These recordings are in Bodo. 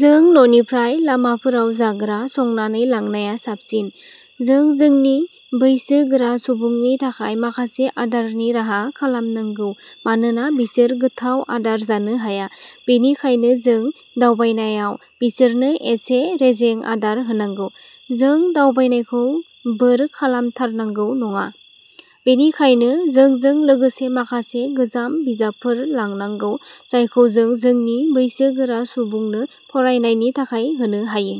जों न'निफ्राय लामाफोराव जाग्रा संनानै लांनाया साबसिन। जों जोंनि बैसो गोरा सुबुंनि थाखाय माखासे आदारनि राहा खालामनांगौ मानोना बिसोर गोथाव आदार जानो हाया। बेनिखायनो जों दावबायनायाव बिसोरनो एसे रेजें आदार होनांगौ। जों दावबायनायखौ बोर खालामथारनांगौ नङा, बेनिखायनो जोंजों लोगोसे माखासे गोजाम बिजाबफोर लांनांगौ जायखौ जों जोंनि बैसो गोरा सुबुंनो फरायनायनि थाखाय होनो हायो।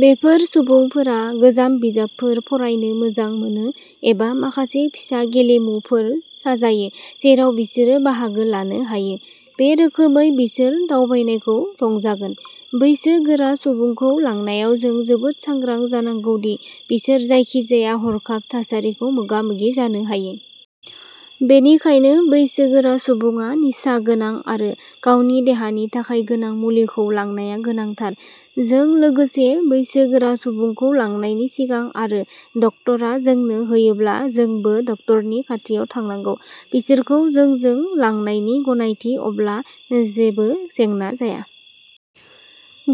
बेफोर सुबुंफोरा गोजाम बिजाबफोर फरायनो मोजां मोनो एबा माखासे फिसा गेलेमुफोर साजायो जेराव बिसोरो बाहागो लानो हायो। बे रोखोमै बिसोर दावबायनायखौ रंजागोन। बैसो गोरा सुबुंखौ लांनायाव जों जोबोद सांग्रां जानांगौ दि बिसोर जायखिजाया हरखाब थासारिखौ मोगा-मोगि जानो हायो। बेनिखायनो बैसो गोरा सुबुङा निसा गोनां आरो गावनि देहानि थाखाय गोनां मुलिखौ लांनाया गोनांथार। जों लोगोसे बैसो गोरा सुबुंखौ लांनायनि सिगां आरो डक्टरा जोंनो होयोब्ला जोंबो डक्टरनि खाथियाव थांनांगौ। बिसोरखौ जोंजों लांनायनि गनायथि, अब्ला जेबो जेंना जाया।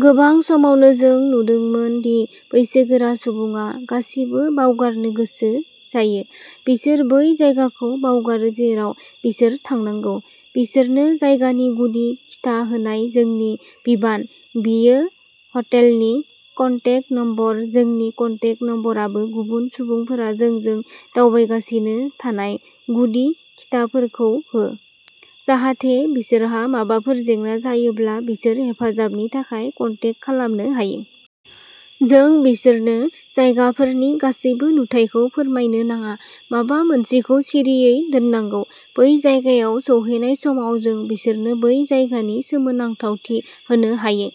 गोबां समावनो जों नुदोंमोन दि बैसोगोरा सुबुङा गासिबो बावगारनो गोसो जायो। बिसोर बै जायगाखौ बावगारो जेराव बिसोर थांनांगौ। बिसोरनो जायगानि गुदि खिथा होनाय जोंनि बिबान, बेयो हटेलनि कन्टेक नम्बर, जोंनि कन्टेक नम्बराबो, गुबुन सुबुंफोरा जोंजों दावबायगासिनो थानाय गुदि खिथाफोरखौ हो, जाहाथे बिसोरहा माबाफोर जेंना जायोब्ला बिसोर हेफाजाबनि थाखाय कन्टेक खालामनो हायो। जों बिसोरनो जायगाफोरनि गासैबो नुथायखौ फोरमायनो नाङा। माबा मोनसेखौ सिरियै दोननांगौ। बै जायगायाव सौहैनाय समाव जों बिसोरनो बै जायगानि सोमोनांथावथि होनो हायो,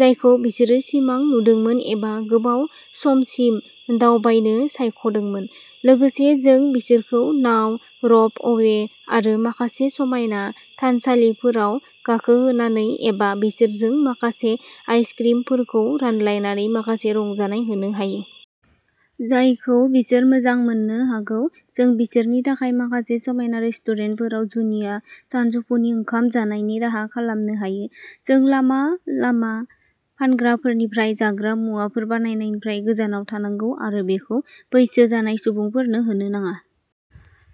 जायखौ बिसोरो सिमां नुदोंमोन एबा गोबाव समसिम दावबायनो सायख'दोंमोन। लोगोसे जों बिसोरखौ नाव, र'पअवे आरो माखासे समायना थानसालिफोराव गाखोहोनानै एबा बिसोरजों माखासे आइस-क्रिमफोरखौ रानलायनानै माखासे रंजानाय होनो हायो। जायखौ बिसोर मोजां मोननो हागौ। जों बिसोरनि थाखाय माखासे समायना रेस्टुरेन्टफोराव जुनिया सानजौफुनि ओंखाम जानायनि राहा खालामनो हायो। जों लामा-लामा फानग्राफोरनिफ्राय जाग्रा मुवाफोर बायनायनिफ्राय गोजानाव थानांगौ आरो बेखौ बैसो जानाय सुबुंफोरनो होनो नाङा।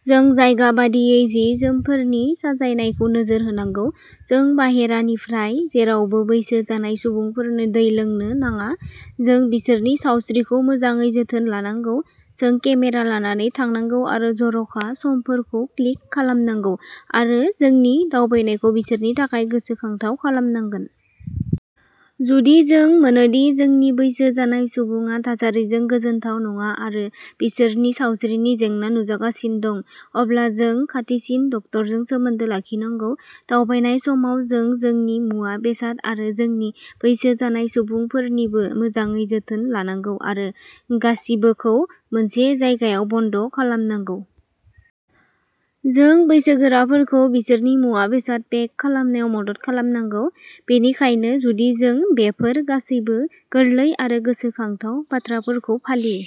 जों जायगा बादियै जि-जोमफोरनि साजायनायखौ नोजोर होनांगौ। जों बाहेरानिफ्राय जेरावबो बैसो जानाय सुबुंफोरनो दै लोंनो नाङा। जों बिसोरनि सावस्रिखौ मोजाङै जोथोन लानांगौ। जों केमेरा लानानै थांनांगौ आरो जर'खा समफोरखौ क्लिक खालामनांगौ आरो जोंनि दावबायनायखौ बिसोरनि थाखाय गोसोखांथाव खालामनांगोन। जुदि जों मोनोदि जोंनि बैसो जानाय सुबुङा थासारिजों गोजोनथाव नङा आरो बिसोरनि सावस्रिनि जेंना नुजागासिनो दं, अब्ला जों खाथिसिन डक्टरजों सोमोन्दो लाखिनांगौ। दावबायनाय समाव जों जोंनि मुवा-बेसाद आरो जोंनि बैसो जानाय सुबुंफोरनिबो मोजाङै जोथोन लानांगौ आरो गासिबोखौ मोनसे जायगायाव बन्द खालामनांगौ। जों बैसोगोराफोरखौ बिसोरनि मुवा-बेसाद पेक खालामनायाव मदद खालामनांगौ। बेनिखायनो जुदि जों बेफोर गासैबो गोरलै आरो गोसोखांथाव बाथ्राफोरखौ फालियो।